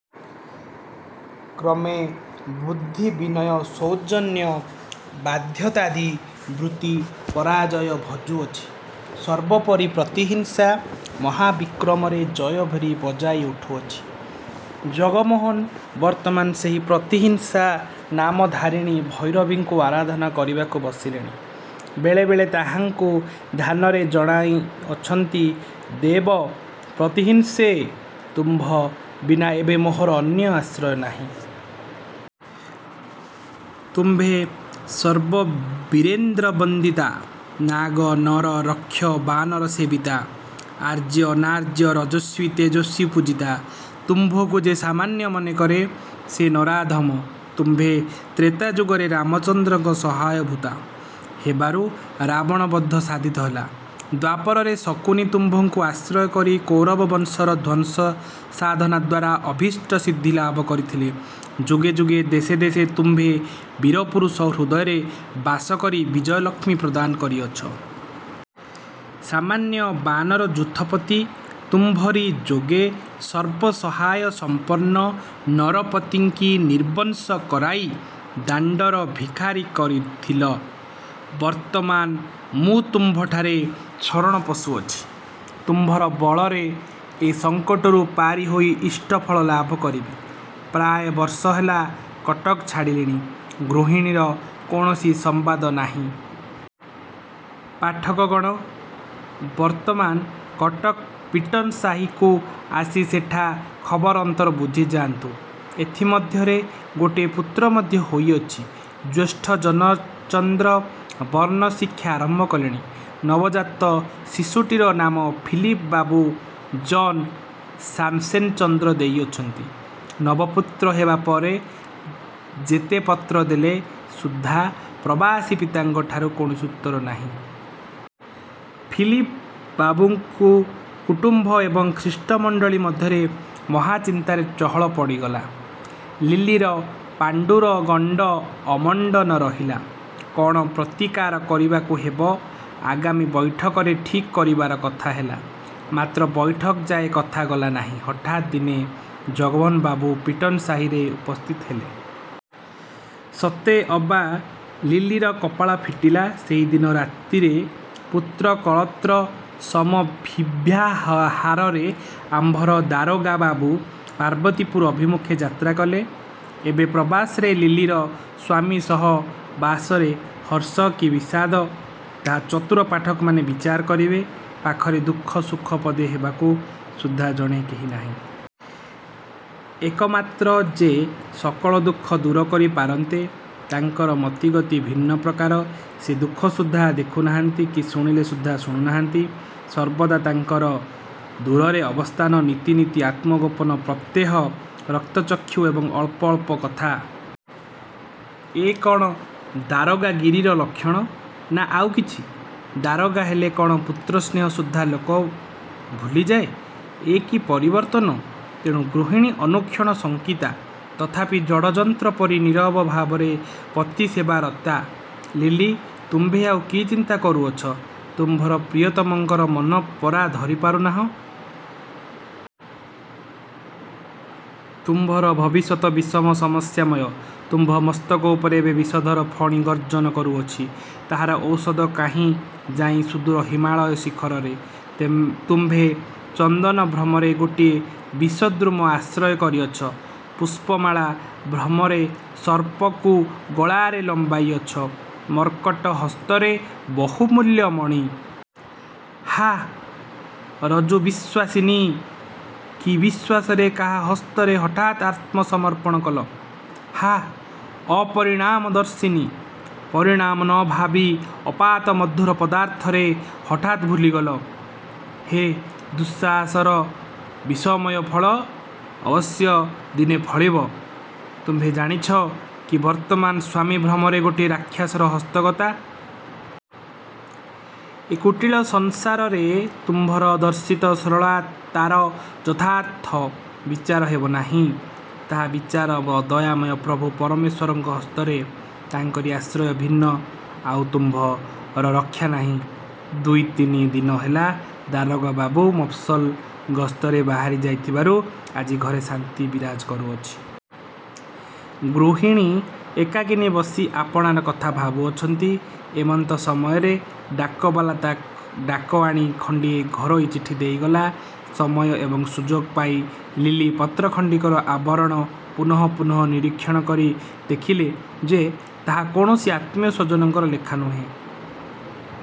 କ୍ରମେ ବୁଦ୍ଧି ବିନୟ ସୌଜନ୍ୟ ବାଧ୍ୟତାଦି ବୃତ୍ତି ପରାଜୟ ଭଜୁଅଛି। ସର୍ବୋପରି ପ୍ରତିହିଂସା ମହାବିକ୍ରମରେ ଜୟଭେରୀ ବଜାଇ ଉଠୁଅଛି। ଜନମୋହନ ବର୍ତ୍ତମାନ ସେହି ପ୍ରତିହିଂସାନାମଧାରିଣୀ ଭୈରବୀଙ୍କୁ ଆରାଧନା କରିବାକୁ ବସିଲେଣି। ବେଳେ ବେଳେ ତାହାଙ୍କୁ ଧ୍ୟାନରେ ଜଣାଉଅଛନ୍ତି। 'ଦେବ ପ୍ରତିହିଂସେ! ତୁମ୍ଭ ବିନା ଏବେ ମୋହର ଅନ୍ୟ ଆଶ୍ରୟ ନାହିଁ। ତୁମ୍ଭେ ସର୍ବବୀରେନ୍ଦ୍ରବନ୍ଦିତା, ନାଗ-ନର-ରକ୍ଷ-ବାନରସେବିତା, ଆର୍ଯ୍ୟ-ଅନାର୍ଯ୍ୟ-ରଜସ୍ୱି-ତେଜସ୍ୱି-ପୂଜିତା। ତୁମ୍ଭଙ୍କୁ ଯେ ସାମାନ୍ୟ ମନେ କରେ, ସେ ନରାଧମ। ତୁମ୍ଭେ ତ୍ରେତାଯୁଗରେ ରାମଚନ୍ଦ୍ରଙ୍କର ସହାୟଭୂତା ହେବାରୁ ରାବଣବଧ ସାଧିତ ହେଲା। ଦ୍ୱାପରରେ ଶକୁନି ତୁମ୍ଭଙ୍କୁ ଆଶ୍ରୟ କରି କୌରବବଂଶର ଧ୍ୱଂସସାଧନଦ୍ୱାରା ଅଭୀଷ୍ଟ ସିଦ୍ଧି ଲାଭ କରିଥିଲା ଯୁଗେ ଯୁଗେ ଦେଶେ ଦେଶେ ତୁମ୍ଭେ ବୀରପୁରୁଷ ହୃଦୟରେ ବାସ କରି ବିଜୟଲକ୍ଷ୍ମୀ ପ୍ରଦାନ କରିଅଛ। ସାମାନ୍ୟ ବାନରଯୂଥପତି ତୁମ୍ଭରି ଯୋଗେ ସର୍ବସହାୟସମ୍ପନ୍ନ ନରପତିଙ୍କି ନିର୍ବଂଶ କରାଇ ଦାଣ୍ତର ଭିଖାରୀ କରିଥିଲା। ବର୍ତ୍ତମାନ ମୁଁ ତୁମ୍ଭଠାରେ ଶରଣ ପଶୁଅଛି। ତୁମ୍ଭରି ବଳରେ ଏ ସଙ୍କଟରୁ ପାରି ହୋଇ ଇଷ୍ଟଫଳ ଲାଭ କରିବି। ପ୍ରାୟ ବର୍ଷ ହେଲା କଟକ ଛାଡ଼ିଲିଣି। ଗୃହିଣୀର କୌଣସି ସମ୍ୱାଦ ନାହିଁ। ପାଠକଗଣ! ବର୍ତ୍ତମାନ କଟକ ପିଟନ ସାହିକୁ ଆସି ସେଠା ଖବର ଅନ୍ତର ବୁଝିଯାନ୍ତୁ। ଏଥି ମଧ୍ୟରେ ଗୋଟିଏ ପୁତ୍ର ମଧ୍ୟ ହୋଇଅଛି। ଜ୍ୟେଷ୍ଠ ଜନଚନ୍ଦ୍ର ବର୍ଣ୍ଣ ଶିକ୍ଷା ଆରମ୍ଭ କଲାଣି। ନବଜାତ ଶିଶୁଟିର ନାମ ଫିଲିପ ବାବୁ ଜନ୍ ସାମସେନଚନ୍ଦ୍ର ଦେଇଅଛନ୍ତି। ନବ ପୁତ୍ର ହେବା ପରେ ଯେତେ ପତ୍ରଦେଲେ ସୁଦ୍ଧା ପ୍ରବାସୀ ପିତାଙ୍କଠାରୁ କୌଣସି ଉତ୍ତର ନାହିଁ। ଫିଲିପ ବାବୁଙ୍କ କୁଟୁମ୍ୱ ଏବଂ ଖ୍ରୀଷ୍ଟମଣ୍ତଳୀ ମଧ୍ୟରେ ମହାଚିନ୍ତାର ଚହଳ ପଡ଼ିଗଲା। ଲିଲିର ପାଣ୍ତୁର ଗଣ୍ତ ଅମଣ୍ତନ ରହିଲା। କଣ ପ୍ରତୀକାର କରିବାକୁ ହେବ, ଆଗାମୀ ବୈଠକରେ ଠିକ କରିବାର କଥା ହେଲା; ମାତ୍ର ବୈଠକଯାଏ କଥା ଗଲା ନାହିଁ। ହଠାତ୍ ଦିନେ ଜନମୋହନ ବାବୁ ପିଟନସାହିରେ ଉପସ୍ଥିତ ହେଲେ। ସତେ ଅବା ଲିଲିର କପାଳ ଫିଟିଲା। ସେହି ଦିନ ରାତିରେ ପୁତ୍ରକଳତ୍ର ସମଭିବ୍ୟାହାରରେ ଆମ୍ଭର ଦାରୋଗା ବାବୁ ପାର୍ବତୀପୁର ଅଭିମୁଖରେ ଯାତ୍ରା କଲେ। ଏବେ ପ୍ରବାସରେ ଲିଲିର ସ୍ୱାମିସହବାସରେ ହର୍ଷ କି ବିଷାଦ, ତାହା ଚତୁର ପାଠକମାନେ ବିଚାର କରିବେ-। ପାଖରେ ଦୁଃଖ ସୁଖ ପଦେ ହେବାକୁ ସୁଦ୍ଧା ଜଣେ କେହି ନାହିଁ। ଏକମାତ୍ର ଯେ ସକଳ ଦୁଃଖ ଦୂର କରି ପାରନ୍ତେ, ତାଙ୍କର ମତି ଗତି ଭିନ୍ନପ୍ରକାର। ସେ ଦେଖି ସୁଦ୍ଧା ଦେଖୁ ନାହାନ୍ତି କି ଶୁଣିଲେ ସୁଦ୍ଧା ଶୁଣୁ ନାହାଁନ୍ତି। ସର୍ବଦା ତାଙ୍କର ଦୂରରେ ଅବସ୍ଥାନ ନିତି ନିତି ଆତ୍ମଗୋପନ ପ୍ରତ୍ୟହ ରକ୍ତଚକ୍ଷୁ ଏବଂ ଅଳ୍ପ ଅଳ୍ପ କଥା! ଏ କଣ ଦାରୋଗାଗିରିର ଲକ୍ଷଣ, ନା ଆଉ କିଛି? ଦାରୋଗା ହେଲେ କଣ ପୁତ୍ରସ୍ନେହ ସୁଦ୍ଧା ଲୋକ ଭୁଲିଯାଏ। ଏ କି ପରିବର୍ତ୍ତନ! ତେଣୁ ଗୃହିଣୀ ଅନୁକ୍ଷଣ ଶଙ୍କିତା। ତଥାପି ଜଡ଼-ଯନ୍ତ୍ର ପରି ନୀରବଭାବରେ ପତିସେବାରତା। ଲିଲି! ତୁମ୍ଭେ ଆଉ କି ଚିନ୍ତା କରୁଅଛ? ତୁମ୍ଭର ପ୍ରିୟତମଙ୍କର ମନ ପରା ଧରି ପାରୁନାହଁ-? ତୁମ୍ଭର ଭବିଷ୍ୟତ୍ ବିଷମ ସମସ୍ୟାମୟ। ତୁମ୍ଭ ମସ୍ତକ ଉପରେ ଏବେ ବିଷଧର ଫଣୀ ଗର୍ଜନ କରୁଅଛି। ତାହାର ଔଷଧ କାହିଁ ଯାଇଁ ସୁଦୂର ହିମାଳୟଶିଖରରେ। ତୁମ୍ଭେ ଚନ୍ଦନଭ୍ରମରେ ଗୋଟିଏ ବିଷଦ୍ରୁମ ଆଶ୍ରୟ କରିଅଛ! ପୁଷ୍ପମାଳା ଭ୍ରମରେ ସର୍ପକୁ ଗଳାରେ ଲମ୍ବାଇ ଅଛ। ମର୍କଟ ହସ୍ତରେ ବହୁମୂଲ୍ୟ ମଣି। ହା ଋଜୁବିଶ୍ୱାସିନି! କି ବିଶ୍ୱାସରେ କାହା ହସ୍ତରେ ହଠାତ୍ ଆତ୍ମସମର୍ପଣ କଲ? ହା ଅପରିଣାମଦର୍ଶିନି! ପରିଣାମ ନ ଭାବି ଆପାତମଧୁର ପଦାର୍ଥରେ ହଠାତ୍ ଭୁଲିଗଲ! ସେ ଦୁଃସାହସର ବିଷମୟ ଫଳ ଅବଶ୍ୟ ଦିନେ ଫଳିବ! ତୁମ୍ଭେ ଜାଣିଛ କି ବର୍ତ୍ତମାନ ସ୍ୱାମୀ ଭ୍ରମରେ ଗୋଟିଏ ରାକ୍ଷସର ହସ୍ତଗତା? ଏ କୁଟିଳ ସଂସାରରେ ତୁମ୍ଭର ଦର୍ଶିତ ସରଳତାର ଯଥାର୍ଥ ବିଚାର ହେବ ନାହିଁ। ତାହାର ବିଚାର ଦୟାମୟ ପ୍ରଭୁ ପରମେଶ୍ୱରଙ୍କ ହସ୍ତରେ ତାଙ୍କରି ଆଶ୍ରୟ ଭିନ୍ନ ଆଉ ତୁମ୍ଭର ରକ୍ଷା ନାହିଁ। ଦୁଇ ତିନି ଦିନ ହେଲା ଦାରୋଗା ବାବୁ ମଫସଲ ଗସ୍ତରେ ବାହାରି ଯାଇଥିବାରୁ ଆଜି ଘରେ ଶାନ୍ତି ବିରାଜ କରୁଅଛି। ଗୃହିଣୀ ଏକାକିନୀ ବସି ଆପଣାର କଥା ଭାବୁଅଛନ୍ତି- ଏମନ୍ତ ସମୟରେ ଡାକବାଲା ଡାକ ଆଣି ଖଣ୍ଡିଏ ଘରୋଇ ଚିଠି ଦେଇ ଗଲା। ସମୟ ଏବଂ ସୁଯୋଗ ପାଇ ଲିଲି ପତ୍ରଖଣ୍ଡିକର ଆବରଣ ପୁନଃ ପୁନଃ ନିରୀକ୍ଷଣ କରି ଦେଖିଲେ ଯେ, ତାହା କୌଣସି ଆତ୍ମୀୟ ସ୍ୱଜନଙ୍କର ଲେଖା ନୁହେଁ।